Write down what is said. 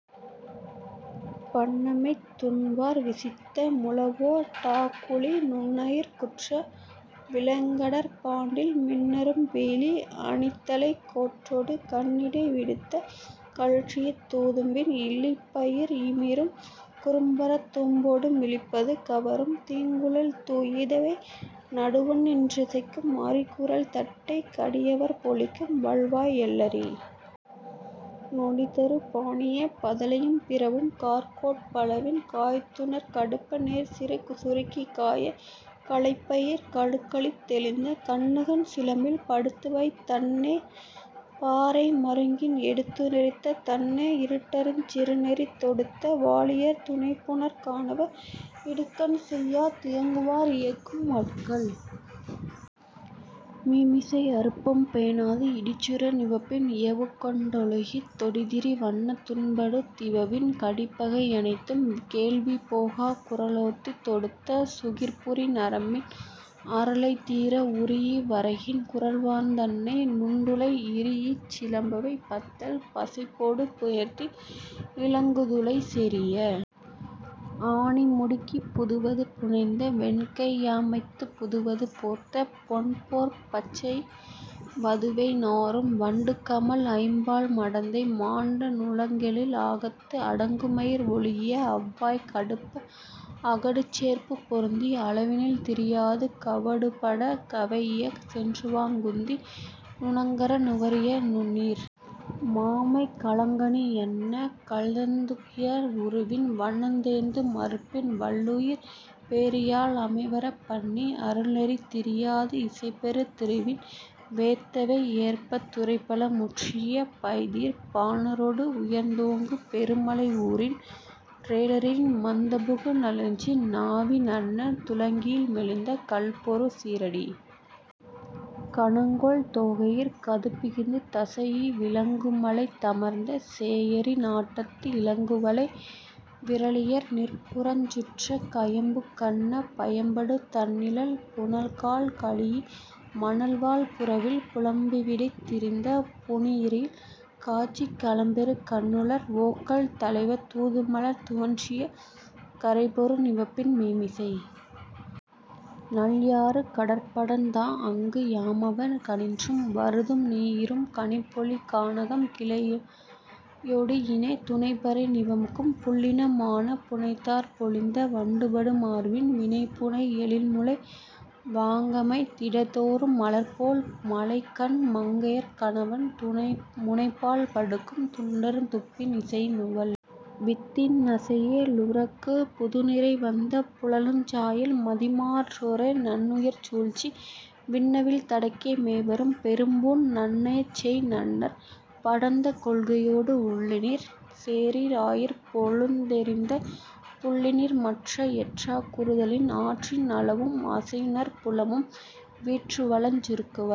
பண்ணமைத்துத் திண்வார் விசித்த முழவொ டாகுளி நுண்ணுருக் குற்ற விளங்கடர்ப் பாண்டில் மின்னிரும் பீலி அணித்தழைக் கோட்டொடு கண்ணிடை விடுத்த களிற்றுயிர்த் தூம்பின் இளிப்பயிர் இமிரும் குறும்பரந் தூம்பொடு விளிப்பது கவரும் தீங்குழல் துதைஇ நடுவுநின் றிசைக்கும் அரிக்குரல் தட்டை கடிகவர் பொலிக்கும் வல்வாய் எல்லரி நொடிதரு பாணிய பதலையும் பிறவும் கார்கோட் பலவின் காய்த்துணர் கடுப்ப நேர்சீர் சுருக்கிக் காய கலப்பையிர் கடுக்கலித் தெழுந்த கண்ணகன் சிலம்பில் படுத்துவைத் தன்ன பாறை மருங்கின் எடுத்துநிறுத் தன்ன இட்டருஞ் சிறுநெறி தொடுத்த வாளியர் துணைபுணர் கானவர் இடுக்கண் செய்யா தியங்குநர் இயக்கும் அடுக்கல் மீமிசை அருப்பம் பேணாது இடிச்சுர நிவப்பின் இயவுக்கொண் டொழுகித் தொடித்திரி வன்ன தொண்டுபடு திவவின் கடிப்பகை யனைத்தும் கேள்வி போகாக் குரலோர்த்துத் தொடுத்த சுகிர்புரி நரம்பின் அரலை தீர உரீஇ வரகின் குரல்வார்ந் தன்ன நுண்டுளை இரீஇச் சிலம்பமை பத்தல் பசையொடு சேர்த்தி இலங்குதுளை செறிய ஆணி முடுக்கிப் புதுவது புனைந்த வெண்கை யாப்பமைத்துப் புதுவது போர்த்த பொன்போற் பச்சை வதுவை நாறும் வண்டுகமழ் ஐம்பால் மடந்தை மாண்ட நுடங்கெழில் ஆகத்து அடங்குமயிர் ஒழுகிய அவ்வாய் கடுப்ப அகடுசேர்பு பொருந்தி அளவினில் திரியாது கவடுபடக் கவைஇய சென்றுவாங் குந்தி நுணங்கர நுவறிய நுண்ணீர் மாமைக் களங்கனி யன்ன கதழ்ந்துகிளர் உருவின் வணர்ந்தேந்து மருப்பின் வள்ளுயிர்ப் பேரியாழ் அமைவரப் பண்ணி அருள்நெறி திரியாது இசைபெறு திருவின் வேத்தவை ஏற்பத் துறைபல முற்றிய பைதீர் பாணரொடு உயர்ந்தோங்கு பெருமலை ஊறின் றேறலின் மதந்தபு ஞமலி நாவி நன்ன துளங்கியல் மெலிந்த கல்பொரு சீறடிக் கணங்கொள் தோகையிற் கதுப்பிகுத் தசைஇ விலங்குமலைத் தமர்ந்த சேயரி நாட்டத்து இலங்குவளை விறலியர் நிற்புறஞ் சுற்றக் கயம்புக் கன்ன பயம்படு தண்ணிழல் புனல்கால் கழீஇய மணல்வார் புறவில் புலம்புவிட் டிருந்த புனிறில் காட்சிக் கலம்பெறு கண்ணுளர் ஒக்கல் தலைவ தூமலர் துவன்றிய கரைபொரு நிவப்பின் மீமிசை நல்யாறு கடற்படர்ந் தாஅங்கு யாமவ ணின்றும் வருதும் நீயிரும் கனிபொழி கானம் கிளையொ டுணீஇய துனைபறை நிவக்கும் புள்ளின மானப் புனைதார்ப் பொலிந்த வண்டுபடு மார்பின் வனைபுனை எழின்முலை வாங்கமைத் திரடோ ள் மலர்போல் மழைக்கண் மங்கையர் கணவன் முனைபாழ் படுக்கும் துன்னருந் துப்பின் இசைநுவல் வித்தின் நசையே ருழவர்க்குப் புதுநிறை வந்த புனலஞ் சாயல் மதிமா றோரா நன்றுணர் சூழ்ச்சி வின்னவில் தடக்கை மேவரும் பெரும்பூண் நன்னன்சேய் நன்னற் படர்ந்த கொள்கையொடு உள்ளினிர் சேறிர் ஆயிற் பொழுதெதிர்ந்த புள்ளினிர் மன்ற எற்றாக் குறுதலின் ஆற்றின் அளவும் அசையுநற் புலமும் வீற்றுவளஞ் சுரக்குஅவ